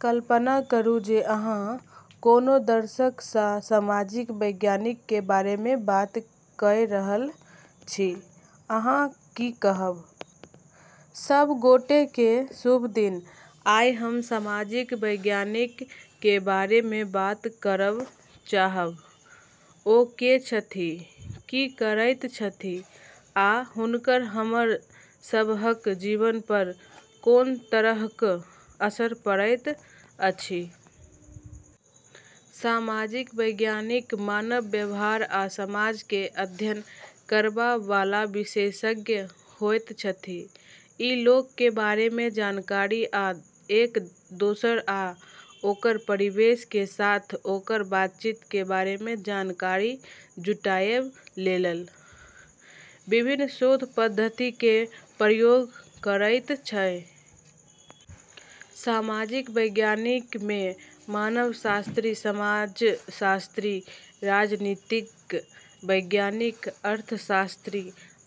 कल्पना करू जे अहाँ कोनो दर्शक सँ सामाजिक वैज्ञानिक के बारे मे बात कए रहल छी, अहाँ की कहब। सब गोटे के शुभ दिन, आइ हम सामाजिक वैज्ञानिक के बारे मे बात करब चाहब, ओ के छथि, की करैत छथि, आ हुनकर हमर सबहक जीवन पर कोन तरहक असर पड़ैत अछि। सामाजिक वैज्ञानिक मानव व्यवहार आ समाज के अध्ययन करबा वाला विशेषज्ञ होइत छथि। ई लोक के बारे मे जानकारी आ एक-दोसर आ ओकर परिवेश के साथ ओकर बातचीत के बारे मे जानकारी जुटाएब लेल विभिन्न शोध पद्धति के प्रयोग करैत छै। सामाजिक वैज्ञानिक मे मानवशास्त्री, समाजशास्त्री, राजनीतिक वैज्ञानिक, अर्थशास्त्री,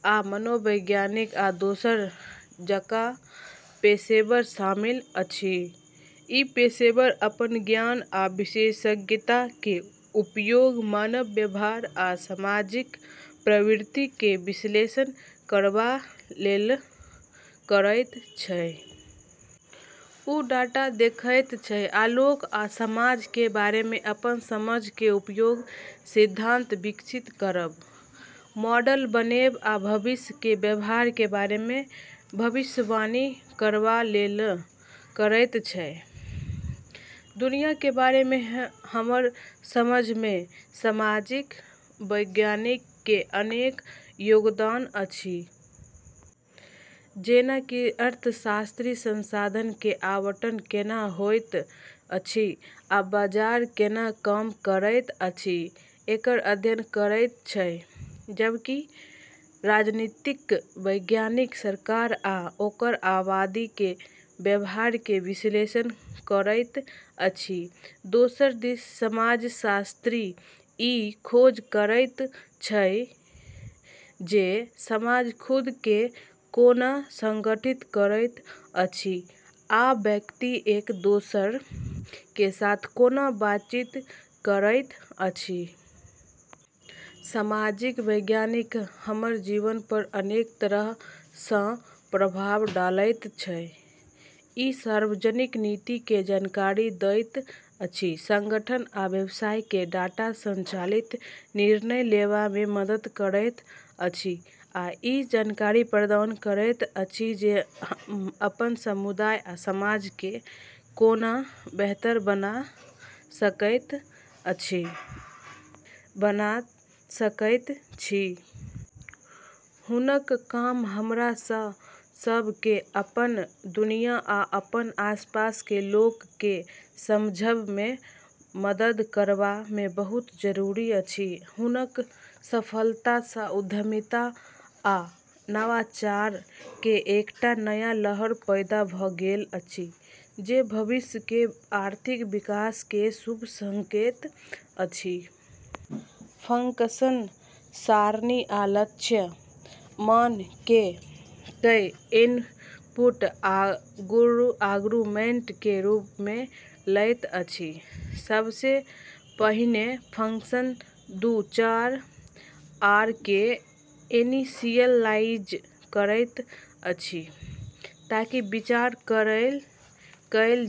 आ मनोवैज्ञानिक आ दोसर जकां पेशेवर शामिल अछि। ई पेशेवर अपन ज्ञान आ विशेषज्ञता के उपयोग मानव व्यवहार आ सामाजिक प्रवृत्ति के विश्लेषण करबा लेल करैत छै। ओ डाटा देखैत छै आ लोक आ समाज के बारे मे अपन समझ के उपयोग सिद्धांत विकसित करब, मॉडल बनेब आ भविष्य के व्यवहार के बारे मे भविष्यवाणी करबा लेल करैत छै। दुनिया के बारे मे हमर समझ मे सामाजिक वैज्ञानिक के अनेक योगदान अछि। जेना कि अर्थशास्त्री संसाधन के आवंटन केना होइत अछि आ बाजार केना काम करैत अछि, एकर अध्ययन करैत छै, जबकि राजनीतिक वैज्ञानिक सरकार आ ओकर आबादी के व्यवहार के विश्लेषण करैत अछि। दोसर दिस समाजशास्त्री ई खोज करैत छै जे समाज खुद के कोना संगठित करैत अछि आ व्यक्ति एक-दोसर के साथ कोना बातचीत करैत अछि। सामाजिक वैज्ञानिक हमर जीवन पर अनेक तरह सँ प्रभाव डालैत छै। ई सार्वजनिक नीति के जानकारी दैत अछि, संगठन आ व्यवसाय के डाटा संचालित निर्णय लेबा मे मदद करैत अछि, आ ई जानकारी प्रदान करैत अछि जे हम अपन समुदाय आ समाज के कोना बेहतर बना सकैत छी। हुनक काम हमरा सब के अपन दुनिया आ अपन आसपास के लोक के समझब मे मदद करबा मे बहुत जरूरी अछि। हुनक सफलता सँ उद्यमिता आ नवाचार के एकटा नया लहर पैदा भ गेल अछि, जे भविष्य के आर्थिक विकास के शुभ संकेत अछि। फंक्शन सरणी आ लक्ष्य मान कए इनपुट आर्गुमेंट के रूप मे लैत अछि। सबसे पहिने, फंक्शन दू चर, आ के इनिशियलाइज करैत अछि, ताकि विचार कएल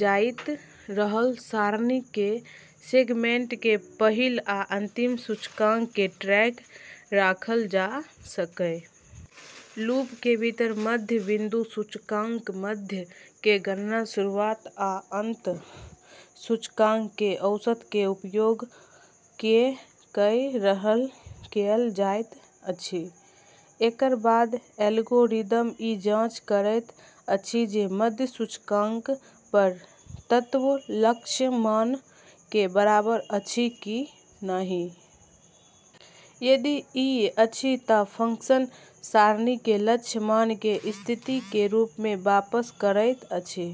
जाइत रहल सरणी के सेगमेंट के पहिल आ अंतिम सूचकांक के ट्रैक राखल जा सकए। लूप के भीतर, मध्य बिंदु सूचकांक मध्य के गणना शुरुआत आ अंत सूचकांक के औसत के उपयोग कए कए कएल जाइत अछि। एकर बाद एल्गोरिदम ई जांच करैत अछि जे मध्य सूचकांक पर तत्व लक्ष्य मान के बराबर अछि कि नहि। यदि ई अछि, त फंक्शन सरणी मे लक्ष्य मान के स्थिति के रूप मे वापस करैत अछि।